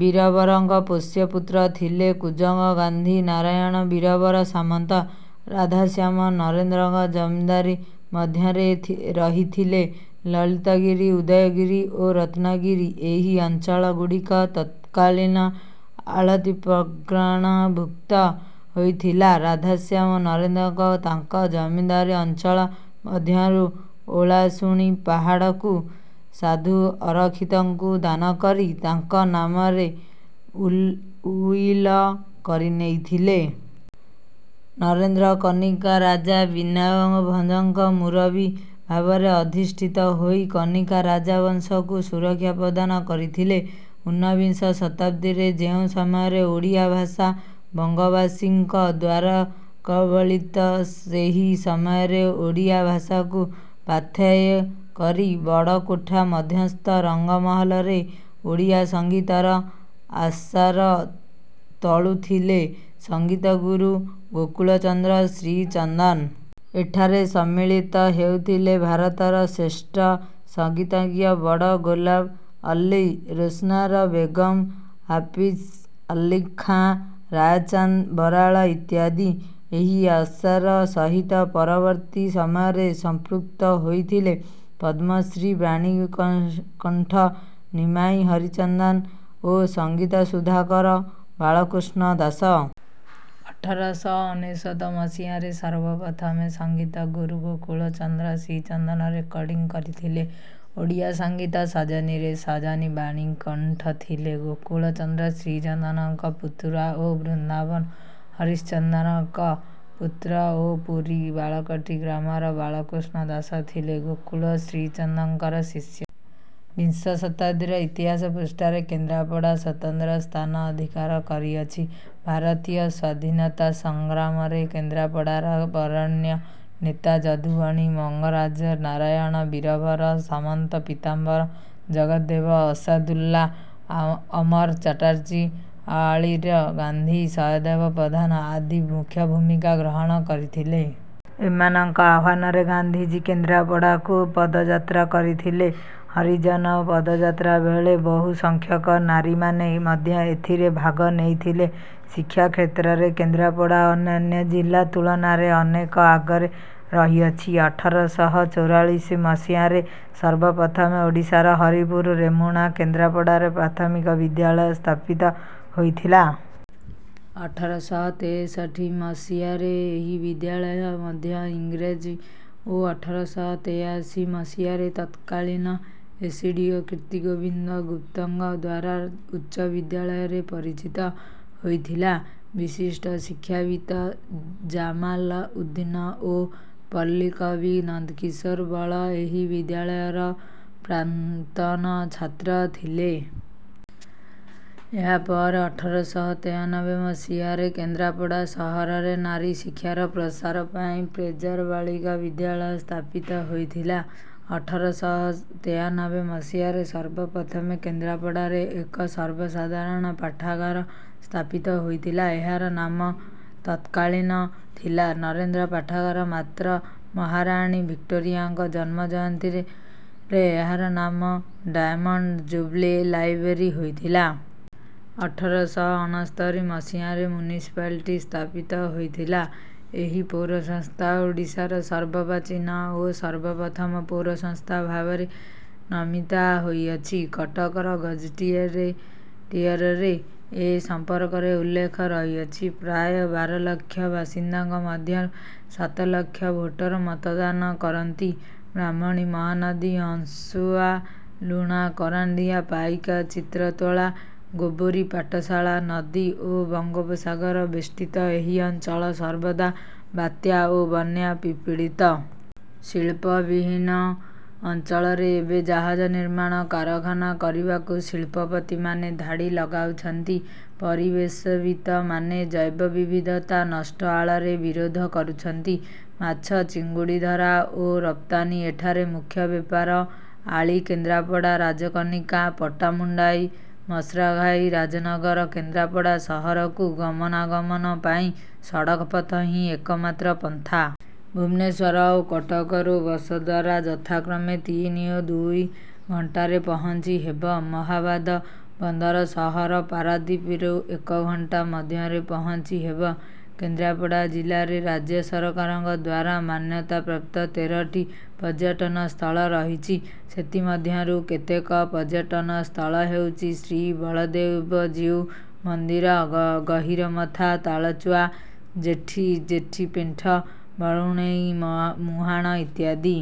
ବୀରବରଙ୍କ ପୋଷ୍ୟ ପୁତ୍ର ଥିଲେ କୁଜଙ୍ଗ ଗାନ୍ଧୀ ନାରାୟଣ ବୀରବର ସାମନ୍ତ। ରାଧାଶ୍ୟାମ ନରେନ୍ଦ୍ରଙ୍କ ଜମିଦାରୀ ମଧ୍ୟରେ ରହିଥିଲେ ଲଳିତଗିରି ଉଦୟଗିରି ଓ ରତ୍ନଗିରି। ଏହି ଅଞ୍ଚଳ ଗୁଡିକ ତତ୍କାଳୀନ ଅଳତୀ ପ୍ରଗଣା ଭୁକ୍ତ ହୋଇଥିଲା। ରାଧାଶ୍ୟାମ ନରେନ୍ଦ୍ରଙ୍କ ତାଙ୍କ ଜମିଦାରୀ ଅଞ୍ଚଳ ମଧ୍ୟରୁ ଓଳାସୁଣୀ ପାହାଡକୁ ସାଧୁ ଅରଖିତଙ୍କୁ ଦାନକରି ତାଙ୍କ ନାମରେ ଉଲ୍ ଉଇଲ କରିନେଇଥିଲେ। ନରେନ୍ଦ୍ର କନିକା ରାଜା ବିନାୟକଭଞ୍ଜଙ୍କ ମୁରବୀ ଭାବରେ ଅଧିଷ୍ଠିତ ହୋଇ କନିକା ରାଜା ବଂଶକୁ ସୁରକ୍ଷା ପ୍ରଦାନ କରିଥିଲେ। ଉନ୍ନବିଂଶ ଶତାବ୍ଦୀରେ ଯେଉଁ ସମୟରେ ଓଡ଼ିଆ ଭାଷା ବଙ୍ଗବାସୀଙ୍କ ଦ୍ୱାରାକବଳିତସେହି ସମୟରେ ଓଡ଼ିଆ ଭାଷାକୁ ପାଥେୟ କରି ବଡକୋଠା ମଧ୍ୟସ୍ଥ ରଙ୍ଗ ମହଲରେ ଓଡ଼ିଆ ସଂଗୀତର ଆସର ତୋଳୁଥିଲେ ସଙ୍ଗୀତଗୁରୁ ଗୋକୁଳ ଚନ୍ଦ୍ର ଶ୍ରୀଚନ୍ଦନ। ଏଠାରେ ସମ୍ମିଳିତ ହେଉଥିଲେ ଭାରତର ଶ୍ରେଷ୍ଠ ସଙ୍ଗୀତଜ୍ଞ ବଡ ଗୋଲମ ଅଲ୍ଲୀ ରୋସ୍ନାରା ବେଗମ ହାଫିଜ ଅଲ୍ଲୀ ଖାଁ ରାୟଚାନ୍ଦ ବରାଳ ଇତ୍ୟାଦି। ଏହି ଆସର ସହିତ ପରବର୍ତୀ ସମୟରେ ସମ୍ପୃକ୍ତ ହୋଇଥିଲେ ପଦ୍ମଶ୍ରୀ ବାଣୀକଣ୍ଠ ନିମାଇ ହରିଚନ୍ଦନ ଓ ସଙ୍ଗୀତ ସୁଧାକର ବାଳକୃଷ୍ଣ ଦାସ। ଅଠର ଶହ ଅନେଶ୍ୱତ ମସିହାରେ ସର୍ବ ପ୍ରଥମେ ସଙ୍ଗୀତ ଗୁରୁ ଗୋକୁଳ ଚନ୍ଦ୍ର ଶ୍ରୀଚନ୍ଦନ ରେକର୍ଡିଂ କରିଥିଲେ ଓଡ଼ିଆ ସଙ୍ଗୀତ ସଜନିରେ. ସଜନି ବାଣୀକଣ୍ଠ ଥିଲେ ଗୋକୁଳ ଚନ୍ଦ୍ର ଶ୍ରୀଚନ୍ଦନଙ୍କ ପୁତୁରା ଓ ବୃନ୍ଦାବନ ହରିଚନ୍ଦନଙ୍କ ପୁତ୍ର ଓ ପୁରୀ ବାଳକଟୀ ଗ୍ରାମର ବାଳକୃଷ୍ଣ ଦାସ ଥିଲେ ଗୋକୁଳ ଶ୍ରୀଚନ୍ଦଙ୍କର ଶିଷ୍ୟ। ବିଂଶ ଶତାବ୍ଦୀର ଇତିହାସ ପୃଷ୍ଠାରେ କେନ୍ଦ୍ରାପଡ଼ା ସ୍ୱତନ୍ତ୍ର ସ୍ଥାନ ଅଧିକାର କରିଅଛି। ଭାରତୀୟ ସ୍ୱାଧୀନତା ସଂଗ୍ରାମରେ କେନ୍ଦ୍ରପାଡ଼ାର ବରେଣ୍ୟ ନେତା ଯଦୁମଣି ମଙ୍ଗରାଜ ନାରାୟଣ ବୀରବର ସାମନ୍ତ ପୀତାମ୍ବର ଜଗଦେବ ଆଶାଦୁଲ୍ଲା ଅମର ଚାଟାର୍ଜୀ ଆଳିର ଗାନ୍ଧୀ ସହଦେବ ପ୍ରଧାନ ଆଦି ମୁଖ୍ୟ ଭୂମିକା ଗ୍ରହଣ କରିଥିଲେ। ଏମାନଙ୍କ ଆହ୍ୱାନରେ ଗାନ୍ଧୀଜୀ କେନ୍ଦ୍ରାପଡ଼ାକୁ ପଦଯାତ୍ରା କରିଥିଲେ। ହରିଜନ ପଦଯାତ୍ରା ବେଳେ ବହୁ ସଂଖ୍ୟକ ନାରୀମାନେ ମଧ୍ୟ ଏଥିରେ ଭାଗ ନେଇଥିଲେ। ଶିକ୍ଷା କ୍ଷେତ୍ରରେ କେନ୍ଦ୍ରାପଡ଼ା ଅନ୍ୟାନ୍ୟ ଜିଲ୍ଲା ତୁଳନାରେ ଅନେକ ଆଗରେ ରହିଅଛି। ଅଠର ଶହ ଚଉରାଳିଶ ମସିହାରେ ସର୍ବ ପ୍ରଥମେ ଓଡ଼ିଶାର ହରିପୂର ରେମୁଣା କେନ୍ଦ୍ରାପଡ଼ାରେ ପ୍ରାଥମିକ ବିଦ୍ୟାଳୟ ସ୍ଥାପିତ ହୋଇଥିଲା। ଅଠର ଶହ ତେଷଠି ମସିହାରେ ଏହି ବିଦ୍ୟାଳୟ ମଧ୍ୟ ଇଂରାଜୀ ଓ ଅଠର ଶହ ତେୟାସି ମସିହାରେ ତତ୍କାଳୀନ ଏସଡିଓ କୀର୍ତିଗୋବିନ୍ଦ ଗୁପ୍ତଙ୍କଦ୍ୱାରା ଉଚ ବିଦ୍ୟାଳୟରେ ପରିଚିତ ହୋଇଥିଲା। ବିଶିଷ୍ଟ ଶିକ୍ଷାବିତ ଜାମାଲଉଦ୍ଦୀନ ଓ ପଲ୍ଲୀକବି ନନ୍ଦକିଶୋର ବଳ ଏହି ବିଦ୍ୟାଳୟର ପ୍ରାକ୍ତନ ଛାତ୍ର ଥିଲେ। ଏହାପରେ ଅଠର ଶହ ତେୟାନବେ ମସିହାରେ କେନ୍ଦ୍ରାପଡା ସହରରେ ନାରୀଶିକ୍ଷାର ପ୍ରସାର ପାଇଁ ଫ୍ରେଜର ବାଳିକା ବିଦ୍ୟାଳୟ ସ୍ଥାପିତ ହୋଇଥିଲା। ଅଠର ଶହ ତେୟାନବେ ମସିହାରେସର୍ବ ପ୍ରଥମେ କେନ୍ଦ୍ରାପଡ଼ାରେ ଏକ ସର୍ବସାଧାରଣ ପାଠାଗାର ସ୍ଥାପିତ ହୋଇଥିଲାଏହାର ନାମ ତତ୍କାଳୀନ ଥିଲା ନରେନ୍ଦ୍ର ପାଠାଗାର ମାତ୍ର ମହାରାଣୀ ଭିକ୍ଟୋରିଆଙ୍କ ଜନ୍ମ ଜୟନ୍ତୀରେଏହାର ନାମ ଡାଏମଣ୍ଡ ଯୁବଲୀ ଲାଇବ୍ରେରୀ ହୋଇଥିଲା। ଅଠର ଶହ ଅଣସ୍ତରି ମସିହାରେ ମୁନିସିପାଲିଟି ସ୍ଥାପିତ ହୋଇଥିଲା। ଏହି ପୌରସଂସ୍ଥା ଓଡ଼ିଶାର ସର୍ବପ୍ରଚୀନ ଓ ସର୍ବପ୍ରଥମ ପୌରସଂସ୍ଥା ଭାବରେ ନମିତା ହୋଇଅଛି। କଟକ ଗେଜେଟିୟରରେ ଏ ସମ୍ପର୍କରେ ଉଲ୍ଲେଖ ରହିଅଛି। ପ୍ରାୟ ବାରଲକ୍ଷ ବାସିନ୍ଦାଙ୍କ ମଧ୍ୟରୁ ସାତ ଲକ୍ଷ ଭୋଟର ମତଦାନ କରନ୍ତି। ବ୍ରାହ୍ମଣୀ ମହାନଦୀ ହଂସୁଆ ଲୁଣା କରାଣ୍ଡିଆ ପାଇକା ଚିତ୍ରତ୍ତ୍ୱଳା ଗୋବରୀ ପାଟଶାଳା ନଦୀ ଓ ବଙ୍ଗୋପସାଗର ବେଷ୍ଟୀତ ଏହି ଅଞ୍ଚଳ ସର୍ବଦା ବାତ୍ୟା ଓ ବନ୍ୟା ପ୍ରପିଡିତ। ଶୀଳ୍ପ ବିହୀନ ଅଞ୍ଚଳରେ ଏବେ ଜାହଜ ନିର୍ମାଣ କାରଖାନା କରିବାକୁ ଶିଳ୍ପପତିମାନେ ଧାଡି ଲଗାଉଛନ୍ତି। ପରିବେଶବିତମାନେ ଜୈବ ବିବିଧତା ନଷ୍ଟ ଆଳରେ ବିରୋଧ କରୁଛନ୍ତି। ମାଛ ଚିଙ୍ଗୁଡିଧରା ଓ ରପ୍ତାନି ଏଠାରେ ମୁଖ୍ୟ ବେପାର। ଆଳି କେନ୍ଦ୍ରାପଡ଼ା ରାଜକନିକା ପଟ୍ଟାମୁଣ୍ଡାଇ ମାର୍ଶାଘାଇ ରାଜନଗର କେନ୍ଦ୍ରାପଡ଼ା ସହରକୁ ଗମନା ଗମନ ପାଇଁ ସଡକ ପଥ ହିଁ ଏକମାତ୍ର ପନ୍ଥା। ଭୁବନେଶ୍ୱର ଓ କଟକରୁ ବସଦ୍ୱାରା ଯଥାକ୍ରମେ ତିନି ଓ ଦୁଇ ଘଂଟାରେ ପହଂଚି ହେବ। ଏହାବାଦ ବନ୍ଦର ସହର ପାରାଦୀପରୁ ଏକ ଘଣ୍ଟା ମଧ୍ୟରେ ପହଂଚି ହେବ। କେନ୍ଦ୍ରାପଡ଼ା ଜିଲ୍ଲାରେ ରାଜ୍ୟସରକାରଙ୍କଦ୍ୱାରା ମାନ୍ୟତାପ୍ରାପ୍ତ ତେରଟି ପର୍ଯ୍ୟଟନ ସ୍ଥଳ ରହିଛି। ସେଥିମଧ୍ୟରୁ କେତେକ ପର୍ଯ୍ୟଟନ ସ୍ଥଳ ହେଉଛି ଶ୍ରୀ ବଳଦେବଜୀଉ ମନ୍ଦିର ଗହିରମଥା ତାଳଚୁଆ ଜେଟୀ ପେଣ୍ଠ ବରୁଣେଇ ମୁହାଣ ଇତ୍ୟାଦି।